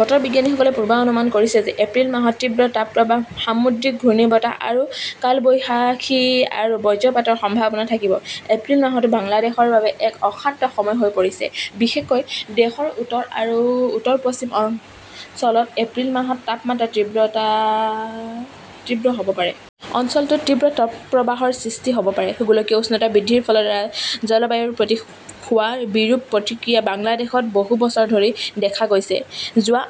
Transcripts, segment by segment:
বতৰ বিজ্ঞানীসকলে পূৰ্বানুমান কৰিছে যে এপ্ৰিল মাহত তীব্ৰ তাপপ্ৰবাহ, সামুদ্ৰিক ঘূৰ্ণীবতাহ আৰু কালবৈশাখী আৰু বজ্ৰপাতৰ সম্ভাৱনা থাকিব। এপ্ৰিল মাহটো বাংলাদেশৰ বাবে এক অশান্ত সময় হৈ পৰিছে। বিশেষকৈ দেশৰ উত্তৰ আৰু উত্তৰ-পশ্চিম অঞ্চলত এপ্ৰিল মাহত তাপমাত্ৰা তীব্ৰতা তীব্ৰ হব পাৰে। অঞ্চলটোত তীব্ৰ তপপ্ৰবাহৰ সৃষ্টি হব পাৰে। গোলকীয় উষ্ণতা বৃদ্ধিৰ ফলত জলবায়ুৰ প্ৰতি হোৱা বিৰূপ প্ৰতিক্ৰিয়া বাংলাদেশত বহু বছৰ ধৰি দেখা গৈছে। যোৱা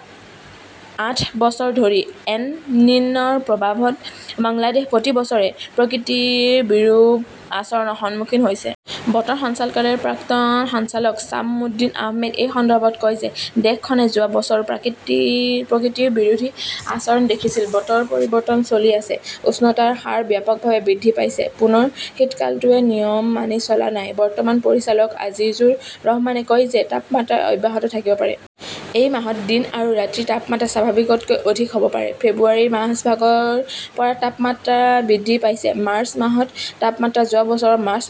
আঠ বছৰ ধৰি এল-নিন "ৰ প্ৰভাৱত বাংলাদেশ প্ৰতি বছৰে প্ৰকৃতিৰ বিৰূপ আচৰণৰ সন্মুখীন হৈছে। বতৰ সঞ্চালকালয়ৰ প্ৰাক্তন সঞ্চালক ছামউদ্দিন আহমেদে এই সন্দৰ্ভত কয় দেশখনে যোৱা বছৰো প্ৰকৃতিৰ বিৰোধী আচৰণ দেখিছিল। বতৰ পৰিৱৰ্তন চলি আছে । উষ্ণতাৰ হাৰ ব্যাপকভাৱে বৃদ্ধি পাইছে। পুনৰ শীতকালটোৱে নিয়ম মানি চলা নাই। বৰ্তমানৰ পৰিচালক আজিজুৰ ৰহমানে কয় যে তাপমাত্ৰা অব্যাহত থাকিব পাৰে। এই মাহত দিন আৰু ৰাতিৰ তাপমাত্ৰা স্বাভাৱিকতকৈ অধিক হব পাৰে। ফেব্ৰুৱাৰীৰ মাজভাগৰ পৰা তাপমাত্ৰা বৃদ্ধি পাইছে। মাৰ্চ মাহত তাপমাত্ৰা যোৱা বছৰৰ মাৰ্চ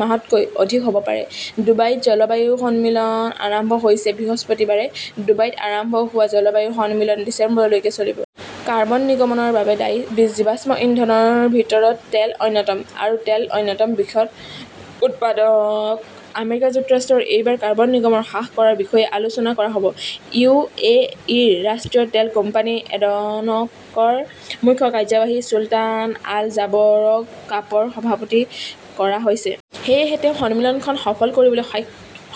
মাহতকৈ অধিক হব পাৰে। ডুবাইত জলবায়ু সন্মিলন আৰম্ভ হৈছে । বৃহস্পতিবাৰে ডুবাইত আৰম্ভ হোৱা জলবায়ু সন্মিলন ডিচেম্বৰলৈকে চলিব। কাৰ্বন নিৰ্গমনৰ বাবে দায়ী জীৱাশ্ম ইন্ধনৰ ভিতৰত তেল অন্যতম। আৰু তেল অন্যতম বৃহৎ উৎপাদক আমেৰিকা যুক্তৰাষ্ট্ৰৰ এইবাৰ কাৰ্বন নিগমৰ হ্ৰাস কৰাৰ বিষয়ে আলোচনা কৰা হব। ইউ.এ.ইৰ ৰাষ্ট্ৰীয় তেল কোম্পানী এডনকৰ মুখ্য কাৰ্যবাহী চুলতান আল জাবৰক কাপৰ সভাপতি কৰা হৈছে। সেয়েহে তেওঁ সন্মিলনখন সফল কৰিবলৈ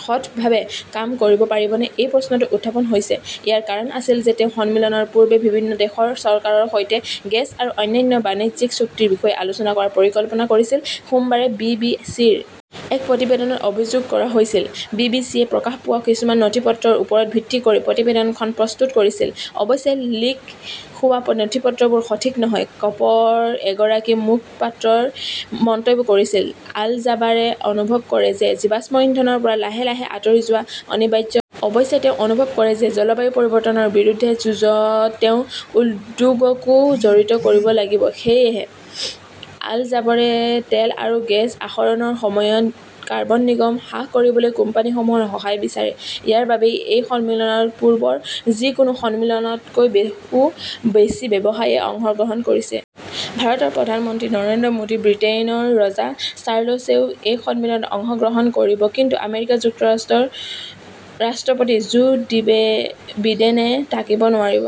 সৎভাৱে কাম কৰিব পাৰিবনে এই প্ৰশ্নটো উত্থাপন হৈছে। ইয়াৰ কাৰণ আছিল যে তেওঁ সন্মিলনৰ পূৰ্বে বিভিন্ন দেশৰ চৰকাৰৰ সৈতে গেছ আৰু অন্যান্য বাণিজ্যিক চুক্তিৰ বিষয়ে আলোচনা কৰাৰ পৰিকল্পনা কৰিছিল, সোমবাৰে বি.বি.চিৰ এক প্ৰতিবেদনত অভিযোগ কৰা হৈছিল। বি.বি.চিয়ে প্ৰকাশ পোৱা কিছুমান নথিপত্ৰৰ ওপৰত ভিত্তি কৰি প্ৰতিবেদনখন প্ৰস্তুত কৰিছিল। অৱশ্যে, লিক হোৱা নথিপত্ৰবোৰ 'সঠিক নহয়, কপৰ এগৰাকী মুখপাত্ৰই মন্তব্য কৰিছিল। আল-জাবাৰে অনুভৱ কৰে যে জীৱাশ্ম ইন্ধনৰ পৰা লাহে লাহে আঁতৰি যোৱা 'অনিবাৰ্য'। অৱশ্যে, তেওঁ অনুভৱ কৰে যে জলবায়ু পৰিৱৰ্তনৰ বিৰুদ্ধে যুঁজত তেও উদ্যোগকো জড়িত কৰিব লাগিব। সেয়েহে আল-জাবৰে তেল আৰু গেছ আহৰণৰ সময়ত কাৰ্বন নিগম হ্ৰাস কৰিবলৈ কোম্পানীসমূহৰ সহায় বিচাৰে। ইয়াৰ বাবেই এই সন্মিলনত পূৰ্বৰ যিকোনো সন্মিলনতকৈ বেহু বেছি ব্যৱসায়ীয়ে অংশগ্ৰহণ কৰিছে। ভাৰতৰ প্ৰধানমন্ত্ৰী নৰেন্দ্ৰ মোদী, ব্ৰিটেইনৰ ৰজা চাৰ্লছেও এই সন্মিলনত অংশগ্ৰহণ কৰিব। কিন্তু আমেৰিকাৰ ৰাষ্ট্ৰপতি জো বিডেনে থাকিব নোৱাৰিব।